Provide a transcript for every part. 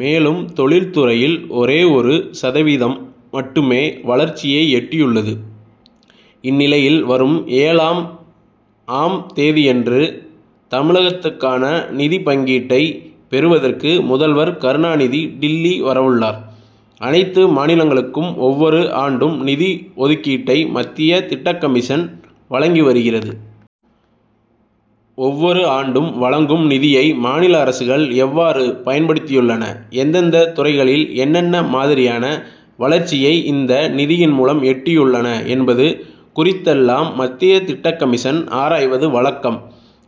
மேலும் தொழில் துறையில் ஒரே ஒரு சதவீதம் மட்டுமே வளர்ச்சியை எட்டியுள்ளது. இந்நிலையில் வரும் ஏழாம் ஆம் தேதியன்று தமிழகத்துக்கான நிதி பங்கீட்டை பெறுவதற்கு முதல்வர் கருணாநிதி டில்லி வரவுள்ளார். அனைத்து மாநிலங்களுக்கும் ஒவ்வொரு ஆண்டும் நிதி ஒதுக் கீட்டை மத்திய திட்டக்கமிஷன் வழங்கி வருகிறது. ஒவ்வொரு ஆண்டும் வழங்கும் நிதியை மாநில அரசுகள் எவ்வாறு பயன்படுத்தியுள்ளன எந்தெந்த துறைகளில் என்னென்ன மாதிரியான வளர்ச்சியை இந்த நிதியின் மூலம் எட்டியுள்ளன என்பது குறித்தெல்லாம் மத்திய திட்டக்கமிஷன் ஆராய்வது வழக்கம்.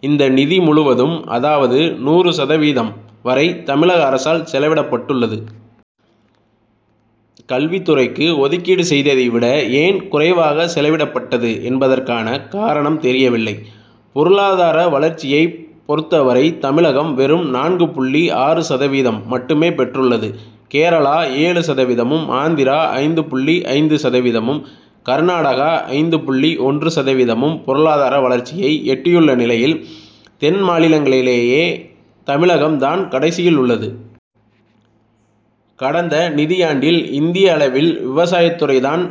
இந்த நிதி முழுவதும் அதாவது நூறு சதவீதம் வரை தமிழக அரசால் செலவிடப் பட்டுள்ளது. கல்வித் துறைக்கு ஒதுக்கீடு செய்ததை விட ஏன் குறைவாக செலவிடப்பட்டது என்பதற்கான காரணம் தெரியவில்லை. பொருளதார வளர்ச்சியைப் பொறுத்தவரை தமிழகம் வெறும் நான்கு புள்ளி ஆறு சதவீதம் மட்டுமே பெற்றுள்ளது. கேரளா ஏழு சதவீதமும், ஆந்திரா ஐந்து புள்ளி ஐந்து சதவீதமும் கர்நாடகா ஐந்து புள்ளி ஒன்று சதவீதமும் பொருளாதார வளர்ச்சியை எட்டியுள்ள நிலையில் தென்மாநிலங்களிலேயே தமிழகம் தான் கடைசியில் உள்ளது. கடந்த நிதியாண்டில் இந்திய அளவில் விவசாயத்துறை தான்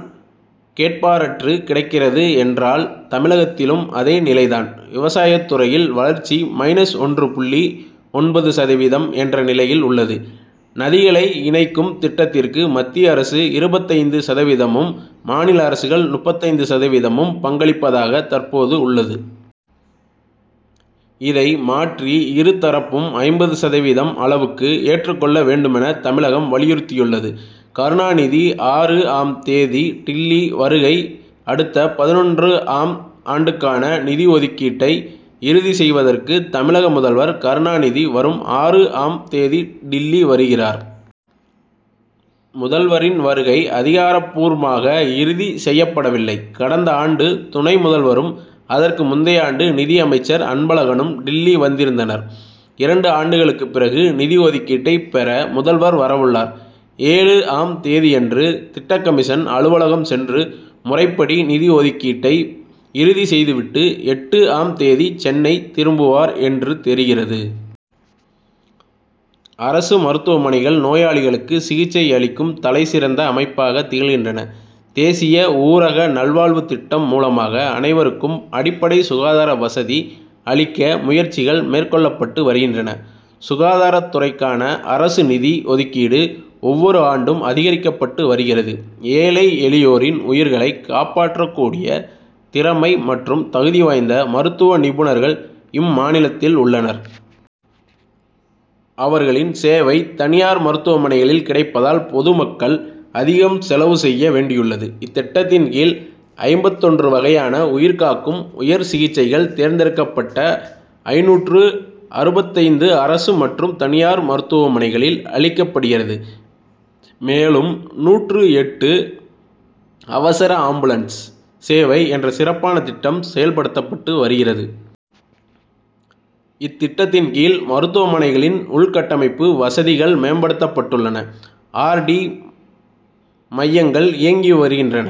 கேட்பாரற்று கிடக்கிறது என்றால் தமிழகத்திலும் அதே நிலை தான். விவசாயத் துறையில் வளர்ச்சி மைனஸ் ஒன்று புள்ளி ஒன்பது சதவீதம் என்ற நிலையில் உள்ளது. நதிகளை இணைக்கும் திட்டத்திற்கு மத்திய அரசு இருபத்தைந்து சதவீதமும் மாநில அரசுகள் முப்பத்தைந்து சதவீதமும் பங்களிப்பதாக தற்போது உள்ளது. இதை மாற்றி இரு தரப்பும் ஐம்பது சதவீதம் அளவுக்கு ஏற்றுக்கொள்ள வேண்டுமென தமிழகம் வலியுறுத்தியுள்ளது. கருணாநிதி ஆறு ஆம் தேதி டில்லி வருகை அடுத்த பதினொன்று ஆம் ஆண்டுக்கான நிதி ஒதுக்கீட்டை இறுதி செய்வதற்கு தமிழக முதல்வர் கருணாநிதி வரும் ஆறு ஆம் தேதி டில்லி வருகிறார். முதல்வரின் வருகை அதிகாரப்பூர்மாக இறுதி செய்யப்படவில்லை. கடந்த ஆண்டு துணை முதல்வரும் அதற்கு முந்தைய ஆண்டு நிதி அமைச்சர் அன்பழகனும் டில்லி வந்திருந்தனர். இரண்டு ஆண்டுகளுக்கு பிறகு நிதி ஒதுக்கீட்டை பெற முதல்வர் வரவுள்ளார். ஏழு ஆம் தேதியன்று திட்டக்கமிஷன் அலுவலகம் சென்று முறைப்படி நிதி ஒதுக்கீட்டை இறுதி செய்துவிட்டு எட்டு ஆம் தேதி சென்னை திரும்புவார் என்று தெரிகிறது. அரசு மருத்துவமனைகள் நோயாளிகளுக்கு சிகிச்சை அளிக்கும் தலை சிறந்த அமைப்பாக திகழ்கின்றன. தேசிய ஊரக நல்வாழ்வுத் திட்டம் மூலமாக அனைவருக்கும் அடிப்படை சுகாதார வசதி அளிக்க முயற்சிகள் மேற்கொள்ளப்பட்டு வருகின்றன. சுகாதாரத் துறைக்கான அரசு நிதி ஒதுக்கீடு ஒவ்வொரு ஆண்டும் அதிகரிக்கப்பட்டு வருகிறது. ஏழை எளியோரின் உயிர்களை காப்பாற்றக் கூடிய திறமை மற்றும் தகுதி வாய்ந்த மருத்துவ நிபுணர்கள் இம் மாநிலத்தில் உள்ளனர். அவர்களின் சேவை தனியார் மருத்துவமனைகளில் கிடைப்பதால் பொது மக்கள் அதிகம் செலவு செய்ய வேண்டியுள்ளது. இத்திட்டத்தின் கீழ் ஐம்பத்தொன்று வகையான உயிர்காக்கும் உயர் சிகிச்சைகள் தேர்ந்தெடுக்கப் பட்ட ஐநூற்று அறுபத்தைந்து அரசு மற்றும் தனியார் மருத்துவமனைகளில் அளிக்கப்படுகிறது. மேலும் நூற்று எட்டு அவசர ஆம்புலன்ஸ் சேவை என்ற சிறப்பான திட்டம் செயல்படுத்தப்பட்டு வருகிறது. இத்திட்டத்தின் கீழ் மருத்துவமனைகளின் உள்கட்டமைப்பு வசதிகள் மேம்படுத்தப் பட்டுள்ளன. ஆர். டி. மையங்கள் இயங்கி வருகின்றன.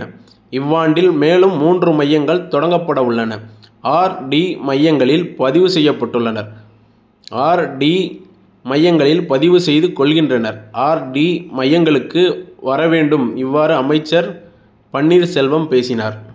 இவ்வாண்டில் மேலும் மூன்று மையங்கள் தொடங்கப்படவுள்ளன. ஆர். டி.மையங்களில் பதிவு செய்யப்பட்டுள்ளனர். ஆர். டி. மையங்களில் பதிவு செய்து கொள்கின்றனர். ஆர். டி. மையங்களுக்கு வரவேண்டும். இவ்வாறு அமைச்சர் பன்னீர் செல்வம் பேசினார்.